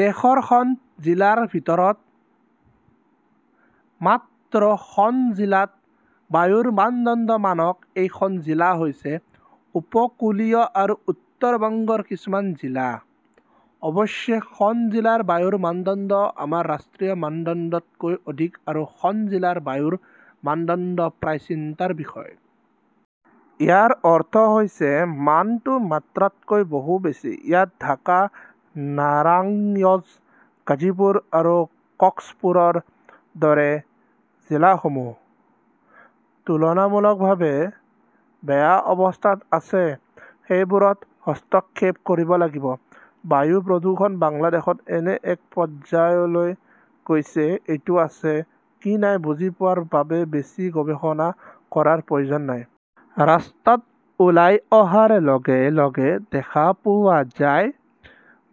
দেশৰ খন জিলাৰ ভিতৰত মাত্ৰ খন জিলাত বায়ুৰ মানদণ্ড মানক। এই খন জিলা হৈছে উপকূলীয় আৰু উত্তৰ বংগৰ কিছুমান জিলা। অৱশ্যে, খন জিলাৰ বায়ুৰ মানদণ্ড আমাৰ ৰাষ্ট্ৰীয় মানদণ্ডতকৈ অধিক আৰু খন জিলাৰ বায়ুৰ মানদণ্ড প্ৰায় চিন্তাৰ বিষয়। ইয়াৰ অৰ্থ হৈছে মানটো মাত্ৰাতকৈ বহু বেছি। ইয়াত ঢাকা, নাৰাংইজ, গাজীপুৰ আৰু কক্সপুৰৰ দৰে জিলাসমূহ তুলনামূলকভাৱে বেয়া অৱস্থাত আছে। সেইবোৰত হস্তক্ষেপ কৰিব লাগিব। বায়ু প্ৰদূষণ বাংলাদেশত এনে এক পৰ্যায়লৈ গৈছে; এইটো আছে, কি নাই-বুজি পোৱাৰ বাবে বেছি গৱেষণা কৰাৰ প্ৰয়োজন নাই। ৰাস্তাত ওলাই অহাৰ লগে লগে দেখা পোৱা যায়।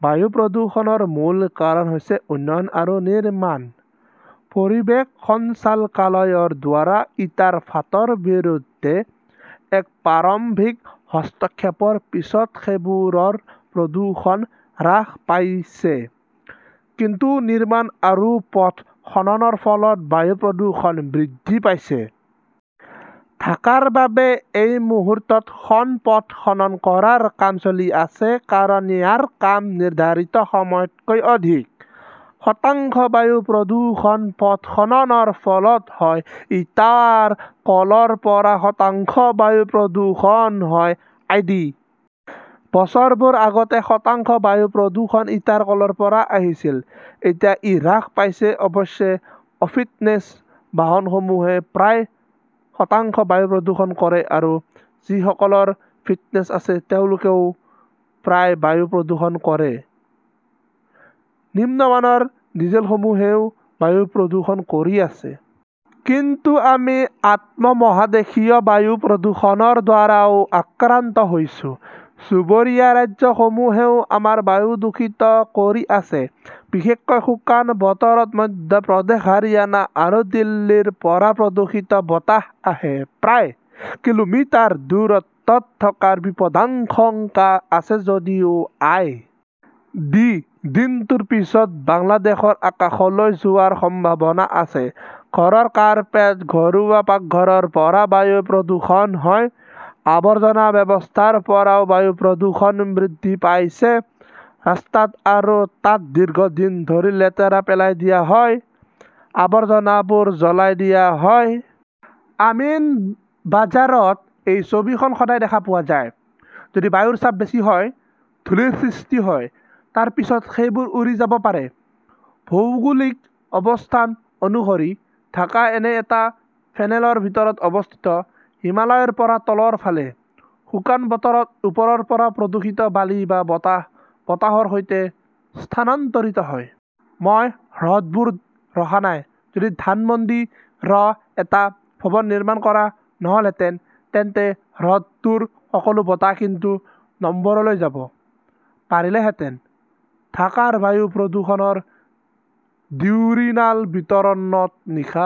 বায়ু প্ৰদূষণৰ মূল কাৰণ হৈছে উন্নয়ন আৰু নিৰ্মাণ। পৰিৱেশ সঞ্চালকালয়ৰ দ্বাৰা ইটাৰ ফাঁটৰ বিৰুদ্ধে এক প্ৰাৰম্ভিক হস্তক্ষেপৰ পিছত সেইবোৰৰ প্ৰদূষণ হ্ৰাস পাইছে। কিন্তু নিৰ্মাণ আৰু পথ খননৰ ফলত বায়ু প্ৰদূষণ বৃদ্ধি পাইছে। ঢাকাৰ বাবে এই মুহূৰ্তত খন পথ খনন কৰাৰ কাম চলি আছে কাৰণ ইয়াৰ কাম নিৰ্ধাৰিত সময়তকৈ অধিক। শতাংশ বায়ু প্ৰদূষণ পথ খননৰ ফলত হয়। ইটাৰ কলৰ পৰা শতাংশ বায়ু প্ৰদূষণ হয়। আই. ডি. বছৰবোৰ আগতে শতাংশ বায়ু প্ৰদূষণ ইটাৰ কলৰ পৰা আহিছিল। এতিয়া ই হ্ৰাস পাইছে। অৱশ্যে, অফিটনেছ বাহনসমূহে প্ৰায় শতাংশ বায়ু প্ৰদূষণ কৰে আৰু যিসকলৰ ফিটনেছ আছে তেওঁলোকেও প্ৰায় বায়ু প্ৰদূষণ কৰে। নিম্নমানৰ ডিজেলসমূহেও বায়ু প্ৰদূষণ কৰি আছে। কিন্তু আমি আন্তঃমহাদেশীয় বায়ু প্ৰদূষণৰ দ্বাৰাও আক্ৰান্ত হৈছো। চুবুৰীয়া ৰাজ্যসমূহেও আমাৰ বায়ু দূষিত কৰি আছে। বিশেষকৈ শুকান বতৰত মধ্য প্ৰদেশ, হাৰিয়ানা আৰু দিল্লীৰ পৰা প্ৰদূষিত বতাহ আহে। প্ৰায় কিলোমিটাৰ দূৰত্বত থকাৰ বিপদাশংকা আছে যদিও আই. ডি. দিনটোৰ পিছত বাংলাদেশৰ আকাশলৈ যোৱাৰ সম্ভাৱনা আছে। ঘৰৰ কাৰ্পেট, ঘৰুৱা পাকঘৰৰ পৰা বায়ু প্ৰদূষণ হয়। আৱৰ্জনা ব্যৱস্থাৰ পৰাও বায়ু প্ৰদূষণ বৃদ্ধি পাইছে। ৰাস্তাত আৰু তাত দীৰ্ঘদিন ধৰি লেতেৰা পেলাই দিয়া হয়। আৱৰ্জনাবোৰ জ্বলাই দিয়া হয়। আমিনবাঝাৰত এই ছবিখন সদায় দেখা পোৱা যায়। যদি বায়ুৰ চাপ বেছি হয়, ধূলিৰ সৃষ্টি হয়। তাৰ পিছত সেইবোৰ উৰি যাব পাৰে। ভৌগোলিক অৱস্থান অনুসৰি, ঢাকা এনে এটা ফেনেলৰ ভিতৰত অৱস্থিত; হিমালয়ৰ পৰা তলৰ ফালে, শুকান বতৰত ওপৰৰ পৰা প্ৰদূষিত বালি বা বতাহ বতাহৰ সৈতে স্থানান্তৰিত হয়। মই হ্ৰদবোৰ ৰখা নাই। যদি ধানমন্ডি ৰ এটা ভৱন নিৰ্মাণ কৰা নহলহেঁতেন, তেন্তে হ্ৰদটোৰ সকলো বতাহ কিন্তু নম্বৰলৈ যাব পাৰিলেহেঁতেন। ঢাকাৰ বায়ু প্ৰদূষণৰ ডিউৰিনাল বিতৰণত নিশা